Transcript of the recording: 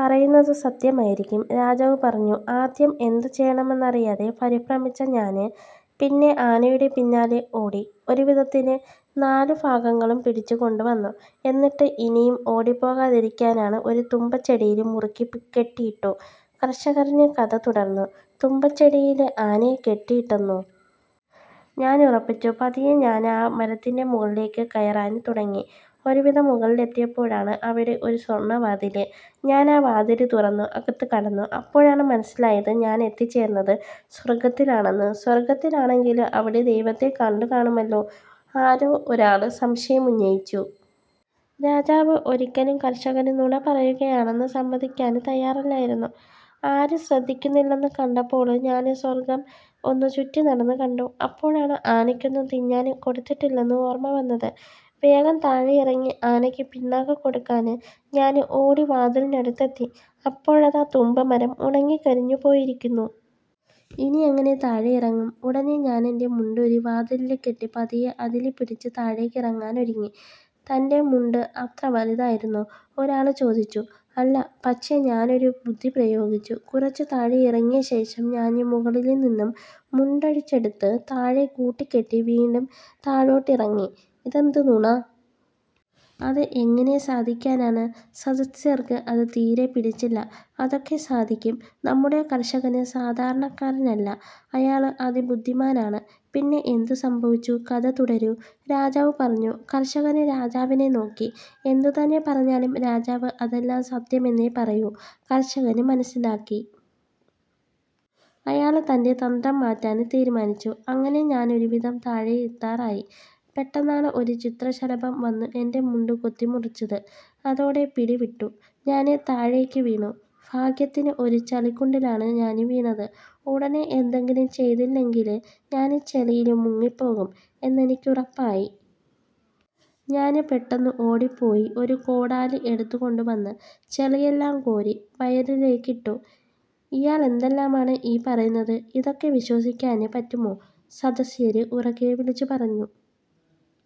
പറയുന്നത് സത്യമായിരിക്കും. " രാജാവ് പറഞ്ഞു. "ആദ്യം എന്തു ചെയ്യണമെന്നറിയാതെ പരിഭ്രമിച്ച ഞാന് പിന്നെ ആനയുടെ പിന്നാലേ ഓടി ഒരു വിധത്തില് നാലു ഭാഗങ്ങളും പിടിച്ച് കൊണ്ട് വന്നു. എന്നിട്ട് ഇനിയും ഓടിപ്പോകാതിരിക്കാനാണു ഒരു തുമ്പച്ചെടിയില് മുറുക്കി കെട്ടിയിട്ടു. " കര്ഷകന് കഥ തുടര്ന്നു. "തുമ്പച്ചെടിയില് ആനയെ കെട്ടിയിട്ടെന്നോ. ഞാന് ഉറപ്പിച്ചു. പതിയെ ഞാന് ആ മരത്തിന്റെ മുകളിലേക്ക് കയറാൻ തുടങ്ങി. ഒരു വിധം മുകളിലെത്തിയപ്പോഴുണ്ട് അവിടെ ഒരു സ്വർണ്ണവാതില്. ഞാന് ആ വാതില് തുറന്നു അകത്തു കടന്നു. അപ്പോഴാണ് മനസ്സിലായത്, ഞാൻ എത്തിച്ചേർന്നത് സ്വർ ഗത്തിലാണെന്ന്! " "സ്വർ ഗത്തിലാണെങ്കിൽ അവിടെ ദൈവത്തെ കണ്ടുകാണുമല്ലോ? " ആരോ ഒരാള് സംശയമുന്നയിച്ചു. " രാജാവ് ഒരിയ്ക്കലും കര്ഷകന് നുണ പറയുകയാണെന്ന് സമ്മതിക്കാന് തയ്യാറല്ലായിരുന്നു. "ആരും ശ്രദ്ധിക്കുന്നില്ലെന്ന് കണ്ടപ്പോള് ഞാന് സ്വര്ഗം ഒന്നു ചുറ്റി നടന്നു കണ്ടു. അപ്പോഴാണ് ആനക്കൊന്നും തിന്നാന് കൊടുത്തിട്ടില്ലെന്ന് ഓര്മ്മ വന്നത്. വേഗം താഴെ ഇറങ്ങി ആനയ്ക്ക് പിണ്ണാക്ക് കൊടുക്കാന് ഞാന് ഓടി വാതിലിനടുത്തെത്തി. അപ്പോഴതാ തുമ്പ മരം ഉണങ്ങിക്കരിഞ്ഞു പോയിരിക്കുന്നു. ഇനി എങ്ങനെ താഴെ ഇറങ്ങും? " "ഉടനെ ഞാന് എന്റെ മുണ്ടൂരി വാതിലില് കെട്ടി പതിയെ അതില് പിടിച്ച് താഴെക്കിറങ്ങാന് തുടങ്ങി" "തന്റെ മുണ്ട് അത്ര വലുതായിരുന്നോ? " ഒരാള് ചോദിച്ചു "അല്ല, പക്ഷേ ഞാന് ഒരു ബുദ്ധി പ്രയോഗിച്ചു. കുറച്ചു താഴെ ഇറങ്ങിയ ശേഷം ഞാന് മുകളില് നിന്നും മുണ്ടഴിച്ചെടുത്ത് താഴെ കൂട്ടികെട്ടി വീണ്ടും താഴോട്ടിറങ്ങി" "ഇതെന്ത് നുണ. അത് എങ്ങിനെ സാധിക്കാനാണ്? " സദസ്യര്ക്ക് അത് തീരെ പിടിച്ചില്ല "അതൊക്കെ സാധിയ്ക്കും. നമ്മുടെ കര്ഷകന് സാധാരണക്കാരനല്ല. അയാള് അതിബുദ്ധിമാനാണ്. പിന്നെ എന്തു സംഭവിച്ചു. കഥ തുടരൂ. " രാജാവ് പറഞ്ഞു. കര്ഷകന് രാജാവിനെ നോക്കി. എന്തു തന്നെ പറഞ്ഞാലും രാജാവ് അതെല്ലാം സത്യമെന്നേ പറയൂ എന്നു കര്ഷകന് മനസ്സിലാക്കി. അയാള് തന്റെ തന്ത്രം മാറ്റാന് തീരുമാനിച്ചു. "അങ്ങിനെ ഞാന് ഒരു വിധം താഴെയെത്താറായി. പെട്ടെന്നാണ് ഒരു ചിത്രശലഭം വന്നു എന്റെ മുണ്ട് കൊത്തി മുറിച്ചത്. അതോടെ പിടി വിട്ടു ഞാന് താഴേയ്ക്ക് വീണു. ഭാഗ്യത്തിന് ഒരു ചളിക്കുണ്ടിലാണ് ഞാന് വീണത്. ഉടനെ എന്തെങ്കിലും ചെയ്തില്ലെങ്കില് ഞാന് ചളിയില് മുങ്ങിപ്പോകും എന്നെനിക്കുറപ്പായി. ഞാന് പെട്ടെന്നു ഓടിപ്പോയി ഒരു കോടാലി എടുത്ത്കൊണ്ട് വന്ന് ചളിയെല്ലാം കോരി വയലിലേക്കിട്ടു" "ഇയാളെന്തെല്ലാമാണ് ഈ പറയുന്നത്? ഇതൊക്കെ വിശ്വസിക്കാന് പറ്റുമോ? " സദസ്യര് ഉറക്കെ വിളിച്ചു പറഞ്ഞു.